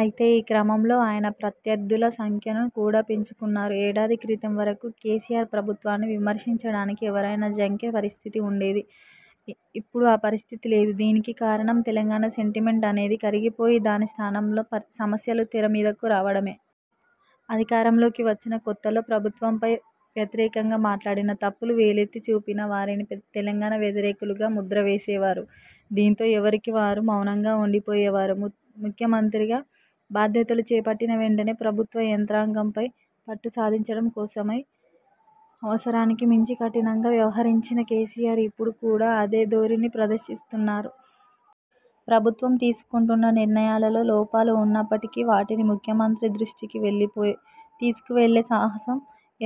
అయితే ఈ క్రమంలో ఆయన ప్రత్యర్థుల సంఖ్యను కూడా పెంచుకున్నారు. ఏడాది క్రితం వరకు కేసీఆర్ ప్రభుత్వాన్ని విమర్శించడానికి ఎవరైనా జంకే పరిస్థితి ఉండేది. ఇప్పుడు ఆ పరిస్థితి లేదు. దీనికి కారణం తెలంగాణ సెంటిమెంట్ అనేది కరిగిపోయి దాని స్థానంలో సమస్యలు తెర మీదకు రావడమే! అధికారంలోకి వచ్చిన కొత్తలో ప్రభుత్వంపై వ్యతిరేకంగా మాట్లాడినా, తప్పులు వేలెత్తి చూపినా వారిని తెలంగాణ వ్యతిరేకులుగా ముద్ర వేసేవారు. దీంతో ఎవరికివారు మౌనంగా ఉండిపోయేవారు. ముఖ్యమంత్రిగా బాధ్యతలు చేపట్టిన వెంటనే ప్రభుత్వ యంత్రాంగంపై పట్టు సాధించడం కోసమై అవసరానికి మించి కఠినంగా వ్యవహరించిన కేసీఆర్, ఇప్పుడు కూడా అదే ధోరణి ప్రదర్శిస్తున్నారు. ప్రభుత్వం తీసుకుంటున్న నిర్ణయాలలో లోపాలు ఉన్నప్పటికీ వాటిని ముఖ్యమంత్రి దృష్టికి తీసుకువెళ్లే సాహసం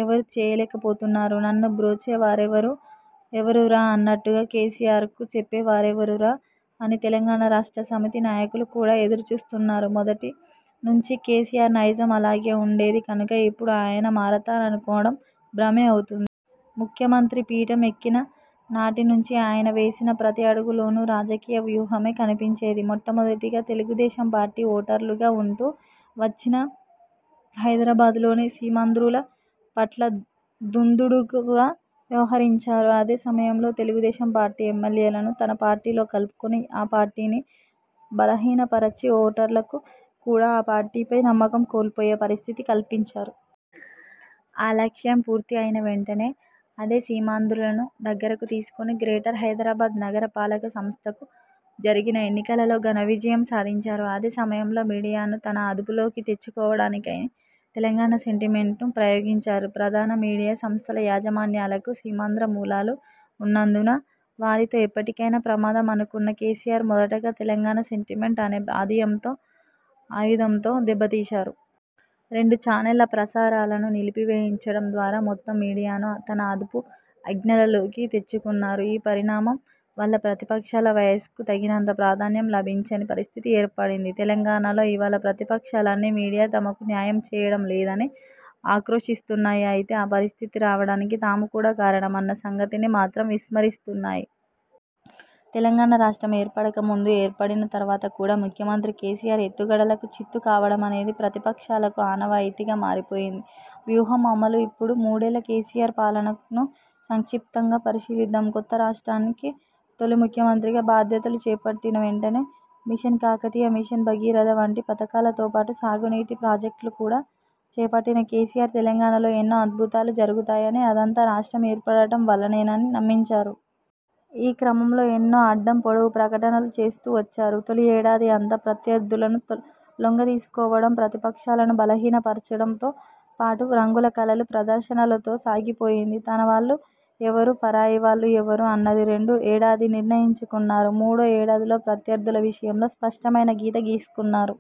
ఎవరూ చేయలేకపోతున్నారు. నను బ్రోచేవారెవరురా! అన్నట్టుగా 'కేసీఆర్కు చెప్పేవారెవరురా' అని తెలంగాణ రాష్ట్ర సమితి నాయకులు కూడా ఎదురుచూస్తున్నారు. మొదటి నుంచీ కేసీఆర్ నైజం అలాగే ఉండేది కనుక ఇప్పుడు ఆయన మారతారనుకోవడం భ్రమే అవుతుంది. ముఖ్యమంత్రి పీఠం ఎక్కిన నాటి నుంచి ఆయన వేసిన ప్రతి అడుగులోనూ రాజకీయ వ్యూహమే కనిపించేది. మొట్టమొదటిగా తెలుగుదేశం పార్టీ ఓటర్లుగా ఉంటూ వచ్చిన హైదరాబాద్లోని సీమాంధ్రుల పట్ల దుందుడుకుగా వ్యవహరించారు. అదే సమయంలో తెలుగుదేశం పార్టీ ఎమ్మెల్యేలను తన పార్టీలో కలుపుకొని ఆ పార్టీని బలహీనపరచి, ఓటర్లకు కూడా ఆ పార్టీపై నమ్మకం కోల్పోయే పరిస్థితి కల్పించారు. ఆ లక్ష్యం పూర్తి అయిన వెంటనే అదే సీమాంధ్రులను దగ్గరకు తీసుకొని గ్రేటర్ హైదరాబాద్ నగర పాలక సంస్థకు జరిగిన ఎన్నికలలో ఘన విజయం సాధించారు. అదే సమయంలో మీడియాను తన అదుపులోకి తెచ్చుకోవడానికై తెలంగాణ సెంటిమెంట్ను ప్రయోగించారు. ప్రధాన మీడియా సంస్థల యాజమాన్యాలకు సీమాంధ్ర మూలాలు ఉన్నందున వారితో ఎప్పటికైనా ప్రమాదం అనుకున్న కేసీఆర్, మొదటగా తెలంగాణ సెంటిమెంట్ అనే ఆయుధంతో దెబ్బ తీశారు. రెండు చానెళ్ల ప్రసారాలను నిలిపివేయించడం ద్వారా మొత్తం మీడియాను తన అదుపు ఆజ్ఞలలోకి తెచ్చుకున్నారు. ఈ పరిణామం వల్ల ప్రతిపక్షాల వాయిస్కు తగినంత ప్రాధాన్యం లభించని పరిస్థితి ఏర్పడింది. తెలంగాణలో ఇవాళ ప్రతిపక్షాలన్నీ మీడియా తమకు న్యాయం చేయడం లేదని ఆక్రోశిస్తున్నాయి. అయితే ఆ పరిస్థితి రావడానికి తాము కూడా కారణమన్న సంగతిని మాత్రం విస్మరిస్తున్నాయి. తెలంగాణ రాష్ట్రం ఏర్పడక ముందు, ఏర్పడిన తర్వాత కూడా ముఖ్యమంత్రి కేసీఆర్ ఎత్తుగడలకు చిత్తు కావడమనేది ప్రతిపక్షాలకు ఆనవాయితీగా మారిపోయింది. వ్యూహం అమలు! ఇప్పుడు మూడేళ్ల కేసీఆర్ పాలనను సంక్షిప్తంగా పరిశీలిద్దాం. కొత్త రాష్ర్టానికి తొలి ముఖ్యమంత్రిగా బాధ్యతలు చేపట్టిన వెంటనే మిషన్ కాకతీయ, మిషన్ భగీరథ వంటి పథకాలతోపాటు సాగునీటి ప్రాజెక్టులు కూడా చేపట్టిన కేసీఆర్ తెలంగాణలో ఎన్నో అద్భుతాలు జరుగుతాయనీ, అదంతా రాష్ట్రం ఏర్పడటం వల్లనేనని నమ్మించారు. ఈ క్రమంలో ఎన్నో అడ్డం-పొడవు ప్రకటనలు చేస్తూ వచ్చారు. తొలి ఏడాది అంతా ప్రత్యర్థులను లొంగదీసుకోవడం, ప్రతిపక్షాలను బలహీనపర్చడంతో పాటు రంగుల కలల ప్రదర్శనలతో సాగిపోయింది. తనవాళ్లు ఎవరు? పరాయివాళ్లు ఎవరు? అన్నది రెండో ఏడాది నిర్ణయించుకున్నారు. మూడో ఏడాదిలో ప్రత్యర్థుల విషయంలో స్పష్టమైన గీత గీసుకున్నారు.